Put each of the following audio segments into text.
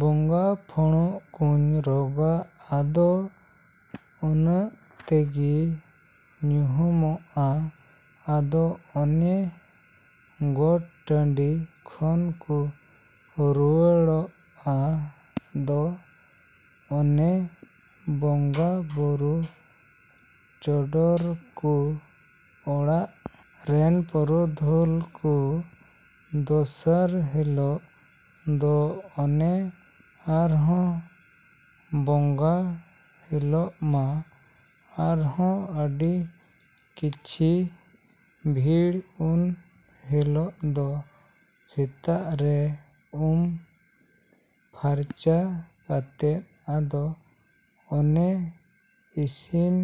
ᱵᱚᱸᱜᱟ ᱯᱷᱩᱲᱩᱜ ᱠᱩᱸᱧ ᱨᱚᱜᱟ ᱟᱫᱚ ᱩᱱᱟᱹᱜ ᱛᱮᱜᱮ ᱧᱩᱦᱩᱢᱚᱜᱼᱟ ᱟᱫᱚ ᱚᱱᱮ ᱜᱚᱴ ᱴᱟᱹᱰᱤ ᱠᱷᱚᱱ ᱠᱚ ᱨᱩᱣᱟᱹᱲᱟ ᱟᱫᱚ ᱚᱱᱮ ᱵᱚᱸᱜᱟᱼᱵᱩᱨᱩ ᱪᱚᱰᱚᱨᱟᱠᱚ ᱚᱲᱟᱜ ᱨᱮᱱ ᱯᱩᱨᱩᱫᱷᱩᱞ ᱠᱚ᱾ ᱫᱚᱥᱟᱨ ᱦᱤᱞᱳᱜ ᱫᱚ ᱚᱱᱮ ᱟᱨᱦᱚᱸ ᱵᱚᱸᱜᱟ ᱦᱤᱞᱳᱜ ᱢᱟ ᱟᱨᱦᱚᱸ ᱟᱹᱰᱤ ᱠᱷᱤᱪᱤ ᱵᱷᱤᱲ ᱩᱱ ᱦᱤᱞᱳᱜ ᱫᱚ ᱥᱮᱛᱟᱜ ᱨᱮ ᱩᱢ ᱯᱷᱟᱨᱪᱟ ᱠᱟᱛᱮᱫ ᱟᱫᱚ ᱚᱱᱮ ᱤᱥᱤᱱ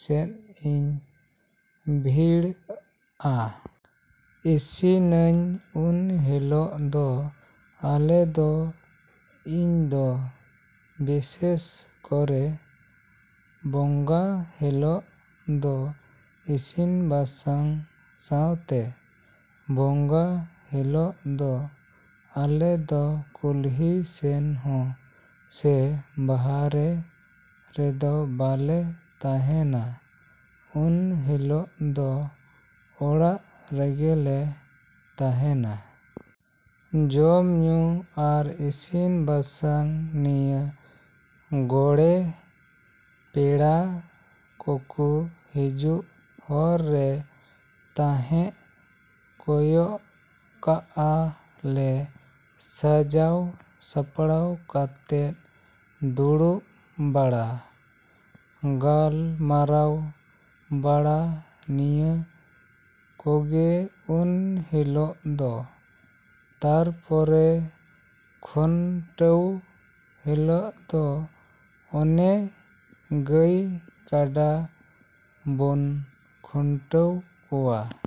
ᱥᱮᱫᱽ ᱤᱧ ᱵᱷᱤᱲᱟᱹᱜᱼᱟ ᱾ ᱤᱥᱤᱱᱟᱹᱧ ᱩᱱ ᱦᱤᱞᱳᱜ ᱫᱚ ᱟᱞᱮ ᱫᱚ, ᱤᱧᱫᱚ ᱵᱤᱥᱮᱥ ᱠᱚᱨᱮ ᱵᱚᱸᱜᱟ ᱦᱤᱞᱳᱜ ᱫᱚ ᱤᱥᱤᱱ ᱵᱟᱥᱟᱝ ᱥᱟᱶᱛᱮ, ᱵᱚᱸᱜᱟ ᱦᱤᱞᱳᱜ ᱫᱚ ᱟᱞᱮ ᱫᱚ ᱠᱩᱞᱦᱤ ᱥᱮᱱ ᱦᱚᱸ ᱥᱮ ᱵᱟᱦᱟᱨᱮ ᱨᱮᱫᱚ ᱵᱟᱞᱮ ᱛᱟᱦᱮᱸᱱᱟ ᱩᱱ ᱦᱤᱞᱳᱜ ᱫᱚ ᱚᱲᱟᱜ ᱨᱮᱜᱮᱞᱮ ᱛᱟᱦᱮᱸᱱᱟ᱾ ᱡᱚᱢ ᱧᱩ ᱟᱨ ᱤᱥᱤᱱ ᱵᱟᱥᱟᱝ ᱱᱤᱭᱟᱹ ᱠᱚᱜᱮ ᱯᱮᱲᱟ ᱠᱚᱠᱚ ᱦᱤᱡᱩᱜ ᱦᱚᱨ ᱨᱮ ᱛᱟᱦᱮᱸᱜ ᱠᱚᱭᱚᱜ ᱠᱟᱜᱼᱟ ᱞᱮ ᱥᱟᱡᱟᱣ ᱥᱟᱯᱲᱟᱣ ᱠᱟᱛᱮᱫ ᱫᱩᱲᱩᱵ ᱵᱟᱲᱟ, ᱜᱟᱞᱢᱟᱨᱟᱣ ᱵᱟᱲᱟ ᱱᱤᱭᱟᱹ ᱠᱚᱜᱮ ᱩᱱ ᱦᱤᱞᱳᱜ ᱫᱚ᱾ ᱛᱟᱨᱯᱚᱨᱮ ᱠᱷᱩᱱᱴᱟᱹᱣ ᱦᱤᱞᱳᱜ ᱫᱚ ᱚᱱᱮ ᱜᱟᱹᱭ ᱠᱟᱰᱟ ᱵᱚᱱ ᱠᱷᱩᱱᱴᱟᱹᱣ ᱠᱚᱣᱟ ᱾